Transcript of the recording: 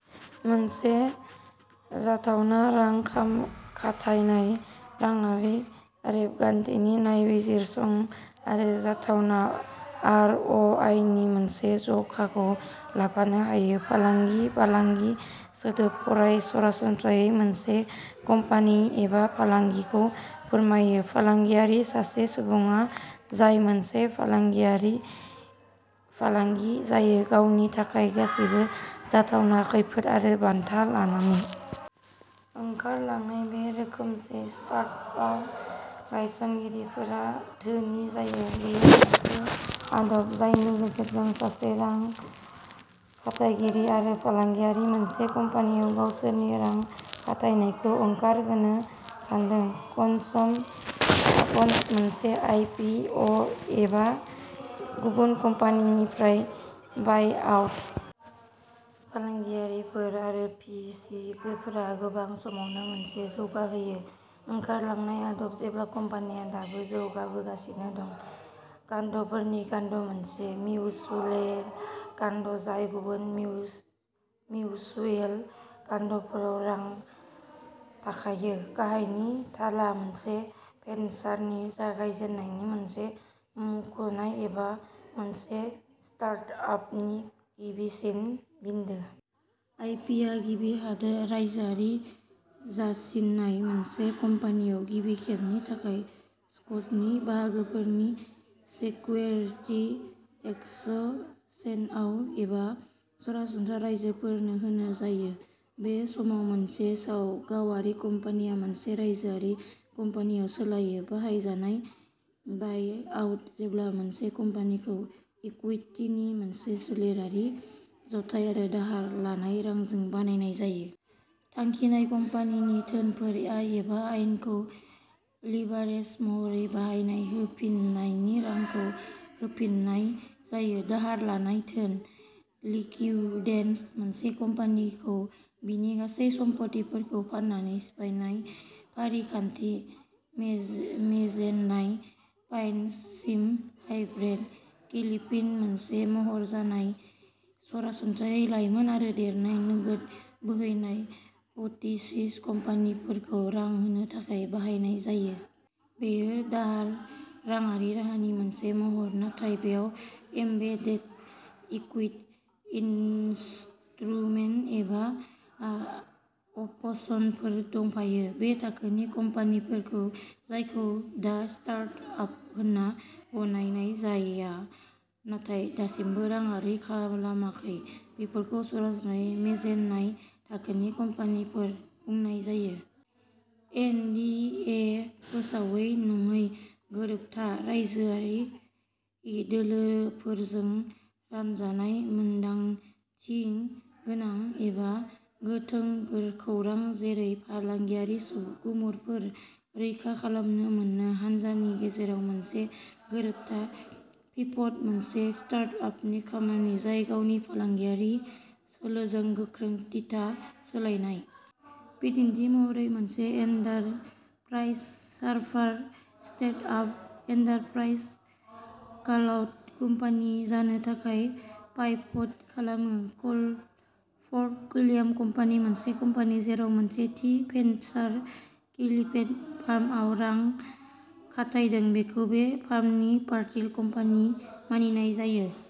मोनसे जाथावना रां खाम खाथायनाय। राङारि रेबगान्थिनि नायबिजिरसंनाय आरो जाथावना आर अ आइनि मोनसे जखाखौ लाफानो हायो। फालांगि फालांगि सोदोबा सरासनस्रायै मोनसे कम्पानि एबा फालांगिखौ फोरमायो। फालांगियारि सासे सुबुं जाय मोनसे फालांगियारि फालांगि जागायो गावनि थाखाय गासैबो जाथावना खैफोद आरो बान्था लानानै। ओंखारलांनाय बे रोखोमैनो स्तार्टआप गायसनगिरिफोरा धोनि जायो। बेयो मोनसे आदब जायनि गेजेरजों सासे रां खाथायगिरि आरो फालांगियारिआ मोनसे कम्पानिआव गावसोरनि रां खाथायनायखौ ओंखारहोनो सानदों। कमन्स अपसनफोरा मोनसे आइ पि अ एबा गुबुन कम्पानिनिफ्राय बायआउट। फालांगियारिफोर आरो भि सि फोरा गोबां समावनो मोनसे जौगाहोयो। ओंखारलांनायनि आदब जेब्ला कम्पानिया दाबो जौगाबोगासिनो दं। फान्डफोरनि फान्ड मोनसे मिउचुयेल फान्ड जाय गुबुन मिउचुयेल फान्डफोराव रां खाथायो। गाहायनि थाला मोनसे भेन्सारनि जागायजेन्नायनि मोनसे मुंख'नाय एबा मोनसे स्टार्टआपनि गिबिसिन बिन्दो। आइपिअ गिबि रायजोआरि जासिनाय। मोनसे कम्पानियाव गिबि खेबनि थाखाय स्टकनि बाहागोफोरखौ सेक्युरिति एक्सचेन्जआव एबा सरासनस्रा राइजोफोरनो होनाय जायो। बे समाव मोनसे गावारि कम्पानिया मोनसे रायजोआरि कम्पानियाव सोलायो। बाहायजानाय बायआउट जेब्ला मोनसे कम्पानिखौ इकुइटिनि मोनसे सोलोआरि जथाय आरो दाहार लानाय रांजों बायनाय जायो। थांखिनाय कम्पानिनि धोनफोर एबा आयखौ लिभारेज महरै बाहायना होफिन्नायनि रांखौ होफिननाय जायो। दाहार लानाय धोन। लिकिवदेसन मोनसे कम्पानिखौ बिनि गासै सम्फथिफोरखौ फाननानै सिफायनायनि फारिखान्थि। मेज मेजेनाइन फाइनेन्सिं हाइब्रिद केपिटेलनि मोनसे महर जायखौ सरासनस्रायै लाइमोन आरो देरनाय नोगोद बोहैनाय पजिटिभ कम्पानिफोरखौ रां होनो थाखाय बाहायनाय जायो। बेयो दाहार राङारि राहानि मोनसे महर नाथाय बेयाव एम्बेडेड इकुइटि इन्स्ट्रुमेन्ट एबा आ अपसनफोरबो दंफायो। बे थाखोनि कम्पानिफोर जायखौ दा स्टार्टआप होनना गनायनाय जाया नाथाय दासिमबो रायजोआरि खालामाखै बेफोरखौ सरासनस्रायै मेजेनाइन थाखोनि कम्पानिफोर बुंनाय जायो। एन डि ए फोसावै नङि गोरोबथा। बायजोआरि दोलोफोरजों रानजानाय मोनदांथिगोनां एबा गोथों खौरां जेरै फालांगियारि गुमुरफोरखौ रैखा खालामनो मोननै हान्जानि गेजेराव मोनसे गोरोबथा। पिभट मोनसे स्टार्टआपनि खामानि जाय गावनि फालांगियारि सोलोजों गोख्रै दिथा सोलायनाय। बिदिन्थि महरै मोनसे एन्टारप्राइज सार्भार स्टार्टआपआ एन्टारप्राइज क्लाउड कम्पानि जानो थाखाय पाइभटिं खालामो। पट पर्टफ'लिय'कम्पानि मोनसे कम्पानि जेराव मोनसे थि भेन्सार केपिटेल फार्मआ रां खाथायदों बेखौ बै फार्मनि पर्टफ'लिय'कम्पानि मानिनाय जायो।